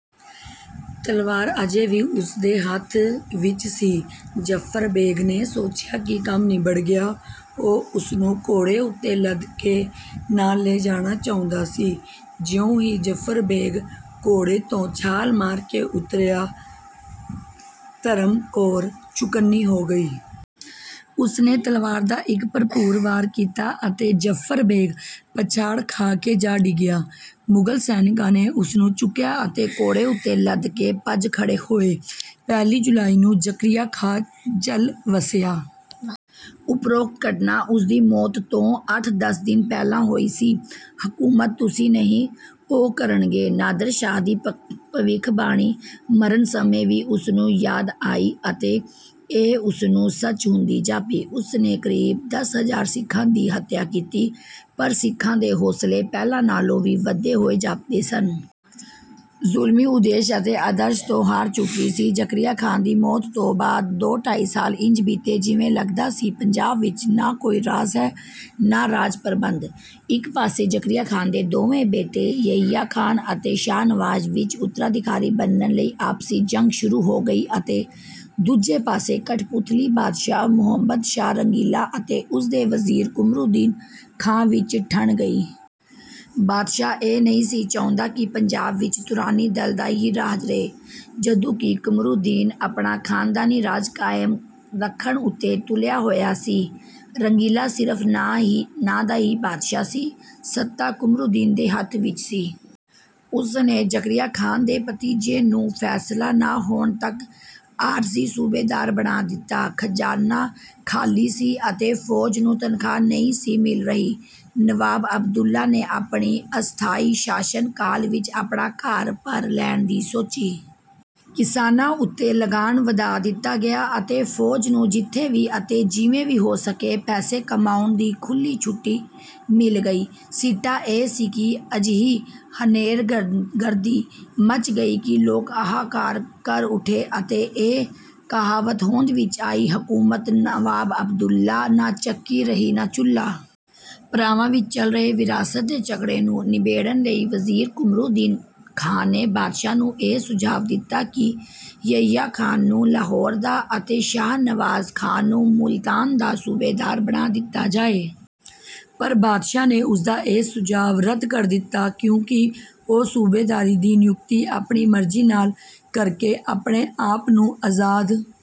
ਤਲਵਾਰ ਅਜੇ ਵੀ ਉਸਦੇ ਹੱਥ ਵਿੱਚ ਸੀ। ਜ਼ਫ਼ਰ ਬੇਗ਼ ਨੇ ਸੋਚਿਆ ਕਿ ਕੰਮ ਨਿਬੜ ਗਿਆ। ਉਹ ਉਸਨੂੰ ਘੋੜੇ ਉੱਤੇ ਲੱਦ ਕੇ ਨਾਲ ਲੈ ਜਾਣਾ ਚਾਹੁੰਦਾ ਸੀ। ਜਿਉਂ ਹੀ ਜ਼ਫ਼ਰ ਬੇਗ਼ ਘੋੜੇ ਤੋਂ ਛਾਲ ਮਾਰ ਕੇ ਉਤਰਿਆ, ਧਰਮ ਕੌਰ ਚੁਕੰਨੀ ਹੋ ਗਈ। ਉਸਨੇ ਤਲਵਾਰ ਦਾ ਇੱਕ ਭਰਪੂਰ ਵਾਰ ਕੀਤਾ ਅਤੇ ਜ਼ਫ਼ਰ ਬੇਗ਼ ਪਛਾੜ ਖਾ ਕੇ ਜਾ ਡਿੱਗਿਆ। ਮੁਗਲ ਸੈਨਿਕਾਂ ਨੇ ਉਸਨੂੰ ਚੁੱਕਿਆ ਅਤੇ ਘੋੜੇ ਉੱਤੇ ਲੱਦ ਕੇ ਭੱਜ ਖੜ੍ਹੇ ਹੋਏ। ਪਹਿਲੀ ਜੁਲਾਈ ਨੂੰ ਜ਼ਕਰੀਆ ਖਾਂ ਚੱਲ ਵੱਸਿਆ। ਉਪਰੋਕਤ ਘਟਨਾ ਉਸਦੀ ਮੌਤ ਤੋਂ ਅੱਠ-ਦਸ ਦਿਨ ਪਹਿਲਾਂ ਹੋਈ ਸੀ। "ਹਕੂਮਤ ਤੁਸੀਂ ਨਹੀਂ, ਉਹ ਕਰਨਗੇ।" ਨਾਦਰ ਸ਼ਾਹ ਦੀ ਭਵਿੱਖਬਾਣੀ ਮਰਨ ਸਮੇਂ ਵੀ ਉਸਨੂੰ ਯਾਦ ਆਈ ਅਤੇ ਇਹ ਉਸਨੂੰ ਸੱਚ ਹੁੰਦੀ ਜਾਪੀ। ਉਸਨੇ ਕਰੀਬ ਦਸ ਹਜ਼ਾਰ ਸਿੱਖਾਂ ਦੀ ਹੱਤਿਆ ਕੀਤੀ, ਪਰ ਸਿੱਖਾਂ ਦੇ ਹੌਂਸਲੇ ਪਹਿਲਾਂ ਨਾਲੋਂ ਵੀ ਵਧੇ ਹੋਏ ਜਾਪਦੇ ਸਨ। ਜੁਲਮੀ ਉਦੇਸ਼ ਅਤੇ ਆਦਰਸ਼ ਤੋਂ ਹਾਰ ਚੁੱਕੀ ਸੀ। ਜ਼ਕਰੀਆ ਖਾਂ ਦੀ ਮੌਤ ਤੋਂ ਬਾਅਦ ਦੋ-ਢਾਈ ਸਾਲ ਇੰਜ ਬੀਤੇ ਜਿਵੇਂ ਲੱਗਦਾ ਸੀ ਪੰਜਾਬ ਵਿੱਚ ਨਾ ਕੋਈ ਰਾਜ ਹੈ ਨਾ ਰਾਜ-ਪ੍ਰਬੰਧ। ਇੱਕ ਪਾਸੇ ਜ਼ਕਰੀਆ ਖਾਂ ਦੇ ਦੋਵੇਂ ਬੇਟੇ ਯਹੀਆ ਖਾਂ ਅਤੇ ਸ਼ਾਹ ਨਵਾਜ਼ ਵਿੱਚ ਉੱਤਰਾਧਿਕਾਰੀ ਬਣਨ ਲਈ ਆਪਸੀ ਜੰਗ ਸ਼ੁਰੂ ਹੋ ਗਈ ਅਤੇ ਦੂਜੇ ਪਾਸੇ ਕਠਪੁਤਲੀ ਬਾਦਸ਼ਾਹ ਮੁਹੰਮਦ ਸ਼ਾਹ ਰੰਗੀਲਾ ਅਤੇ ਉਸਦੇ ਵਜ਼ੀਰ ਕਮਰੂਦੀਨ ਖਾਂ ਵਿੱਚ ਠਣ ਗਈ। ਬਾਦਸ਼ਾਹ ਇਹ ਨਹੀਂ ਸੀ ਚਾਹੁੰਦਾ ਕਿ ਪੰਜਾਬ ਵਿੱਚ ਤੁਰਾਨੀ-ਦਲ ਦਾ ਹੀ ਰਾਜ ਰਹੇ, ਜਦੋਂ ਕਿ ਕਮਰੂਦੀਨ ਆਪਣਾ ਖਾਨਦਾਨੀ ਰਾਜ ਕਾਇਮ ਰੱਖਣ ਉੱਤੇ ਤੁਲਿਆ ਹੋਇਆ ਸੀ। ਰੰਗੀਲਾ ਸਿਰਫ਼ ਨਾਂ ਦਾ ਹੀ ਬਾਦਸ਼ਾਹ ਸੀ। ਸੱਤਾ ਕਮਰੂਦੀਨ ਦੇ ਹੱਥ ਵਿੱਚ ਸੀ। ਉਸਨੇ ਜ਼ਕਰੀਆ ਖਾਂ ਦੇ ਭਤੀਜੇ ਨੂੰ ਫੈਸਲਾ ਨਾ ਹੋਣ ਤੱਕ ਆਰਜ਼ੀ ਸੂਬੇਦਾਰ ਬਣਾ ਦਿੱਤਾ। ਖਜ਼ਾਨਾ ਖਾਲੀ ਸੀ ਅਤੇ ਫੌਜ ਨੂੰ ਤਨਖਾਹ ਨਹੀਂ ਸੀ ਮਿਲ ਰਹੀ। ਨਵਾਬ ਅਬਦੁੱਲਾ ਨੇ ਆਪਣੇ ਅਸਥਾਈ ਸ਼ਾਸਨ ਕਾਲ ਵਿੱਚ ਆਪਣਾ ਘਰ ਭਰ ਲੈਣ ਦੀ ਸੋਚੀ। ਕਿਸਾਨਾਂ ਉੱਤੇ ਲਗਾਨ ਵਧਾ ਦਿੱਤਾ ਗਿਆ ਅਤੇ ਫੌਜ ਨੂੰ ਜਿੱਥੋਂ ਵੀ ਅਤੇ ਜਿਵੇਂ ਵੀ ਹੋ ਸਕੇ ਪੈਸੇ ਕਮਾਉਣ ਦੀ ਖੁੱਲ੍ਹੀ ਛੁੱਟੀ ਮਿਲ ਗਈ। ਸਿੱਟਾ ਇਹ ਕਿ ਅਜਿਹੀ ਹਨੇਰਗਰਦੀ ਮੱਚ ਗਈ ਕਿ ਲੋਕ ਹਾਹਾਕਾਰ ਕਰ ਉੱਠੇ ਅਤੇ ਇਹ ਕਹਾਵਤ ਹੋਂਦ ਵਿੱਚ ਆਈ, "ਹਕੂਮਤ ਨਵਾਬ ਅਬਦੁੱਲਾ, ਨਾ ਚੱਕੀ ਰਹੀ ਨਾ ਚੁੱਲ੍ਹਾ।" ਭਰਾਵਾਂ ਵਿੱਚ ਚੱਲ ਰਹੇ ਵਿਰਾਸਤ ਦੇ ਝਗੜੇ ਨੂੰ ਨਿਬੇੜਨ ਲਈ ਵਜ਼ੀਰ ਕਮਰੂਦੀਨ ਖਾਂ ਨੇ ਬਾਦਸ਼ਾਹ ਨੂੰ ਇਹ ਸੁਝਾਅ ਦਿੱਤਾ ਕਿ ਯਹੀਆ ਖਾਂ ਨੂੰ ਲਾਹੌਰ ਦਾ ਅਤੇ ਸ਼ਾਹ ਨਵਾਜ਼ ਖਾਂ ਨੂੰ ਮੁਲਤਾਨ ਦਾ ਸੂਬੇਦਾਰ ਬਣਾ ਦਿੱਤਾ ਜਾਏ। ਪਰ ਬਾਦਸ਼ਾਹ ਨੇ ਉਸਦਾ ਇਹ ਸੁਝਾਅ ਰੱਦ ਕਰ ਦਿੱਤਾ, ਕਿਉਂਕਿ ਉਹ ਸੂਬੇਦਾਰ ਦੀ ਨਿਯੁਕਤੀ ਆਪਣੀ ਮਰਜ਼ੀ ਨਾਲ ਕਰਕੇ ਆਪਣੇ ਆਪ ਨੂੰ ਆਜ਼ਾਦ